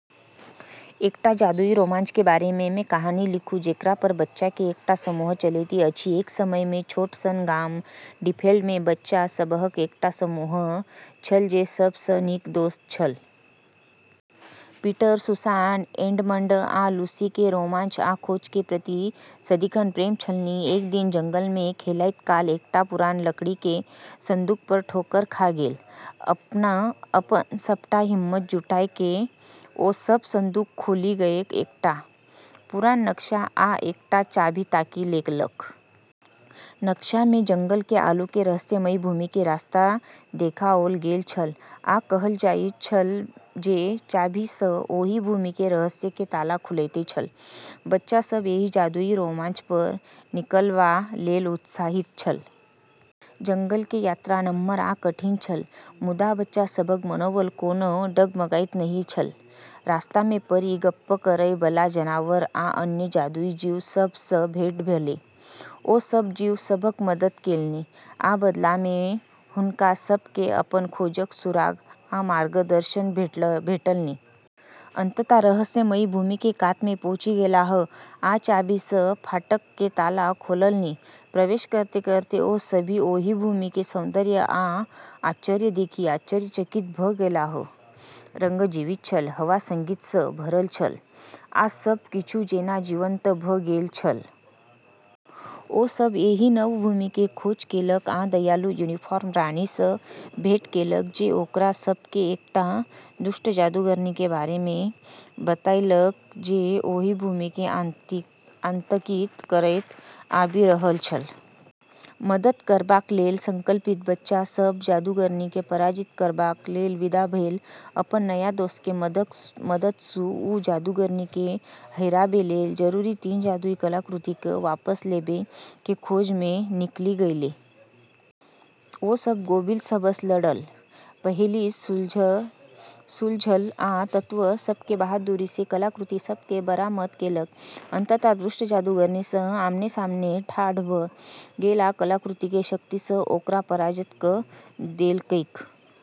एकटा जादुई रोमांच के बारे में कहानी लिखू जेकरा पर बच्चा के एकटा समूह चलैत अछि। एक समय मे छोट सन गाम लिंडेल्फ मे बच्चा सबहक एकटा समूह छल जे सब सं नीक दोस्त छल। पीटर, सुसान, एडमंड आ लूसी के रोमांच आ खोज के प्रति सदिखन प्रेम छलनि। एक दिन जंगल मे खेलाइत काल एकटा पुरान लकड़ी के संदूक पर ठोकर खा गेल। अपन सबटा हिम्मत जुटा कए ओ सब संदूक खोलि कए एकटा पुरान नक्शा आ एकटा चाभी ताकि लेलक। नक्शा मे जंगल के आगू के रहस्यमयी भूमि के रास्ता देखाओल गेल छल, आ कहल जाइत छल जे चाभी सँ ओहि भूमि के रहस्य के ताला खुलैत छल। बच्चा सब एहि जादुई रोमांच पर निकलबा लेल उत्साहित छल। जंगल के यात्रा नम्हर आ कठिन छल, मुदा बच्चा सभक मनोबल कोनो डगमगाइत नहि छल। रस्ता मे परी, गप्प करय बला जानवर, आ अन्य जादुई जीव सब सँ भेंट भेल। ओ सभ जीव सभक मदद केलनि, आ बदला मे हुनका सभ केँ अपन खोजक सुराग आ मार्गदर्शन भेटलनि। अन्ततः रहस्यमयी भूमि के कात मे पहुँचि गेलाह आ चाभी सँ फाटक के ताला खोललनि। प्रवेश करैत-करैत ओ सभ ओहि भूमि के सौन्दर्य आ आश्चर्य देखि आश्चर्यचकित भ' गेलाह। रंग जीवंत छल, हवा संगीत सँ भरल छल, आ सब किछु जेना जीवंत भऽ गेल छल। ओ सभ एहि नव भूमि के खोज केलक आ दयालु यूनिकॉर्न रानी सँ भेंट केलक, जे ओकरा सभ केँ एकटा दुष्ट जादूगरनी के बारे मे बतौलक जे ओहि भूमि केँ आतंकित करैत आबि रहल छल। मदद करबाक लेल संकल्पित बच्चा सभ जादूगरनी केँ पराजित करबाक लेल विदा भेल। अपन नया दोस्त के मदद सँ वू जादूगरनी केँ हराबै लेल जरूरी तीन जादुई कलाकृति केँ वापस लेबै के खोज मे निकली गेलै। ओ सभ गोबिल सबसँ लड़ल, पहेली सुलझल आ तत्व सब के बहादुरी सँ कलाकृति सब केँ बरामद केलक। अंततः दुष्ट जादूगरनी सँ आमने-सामने ठाढ़ भ' गेल आ कलाकृति के शक्ति सँ ओकरा पराजित क' देलकैक।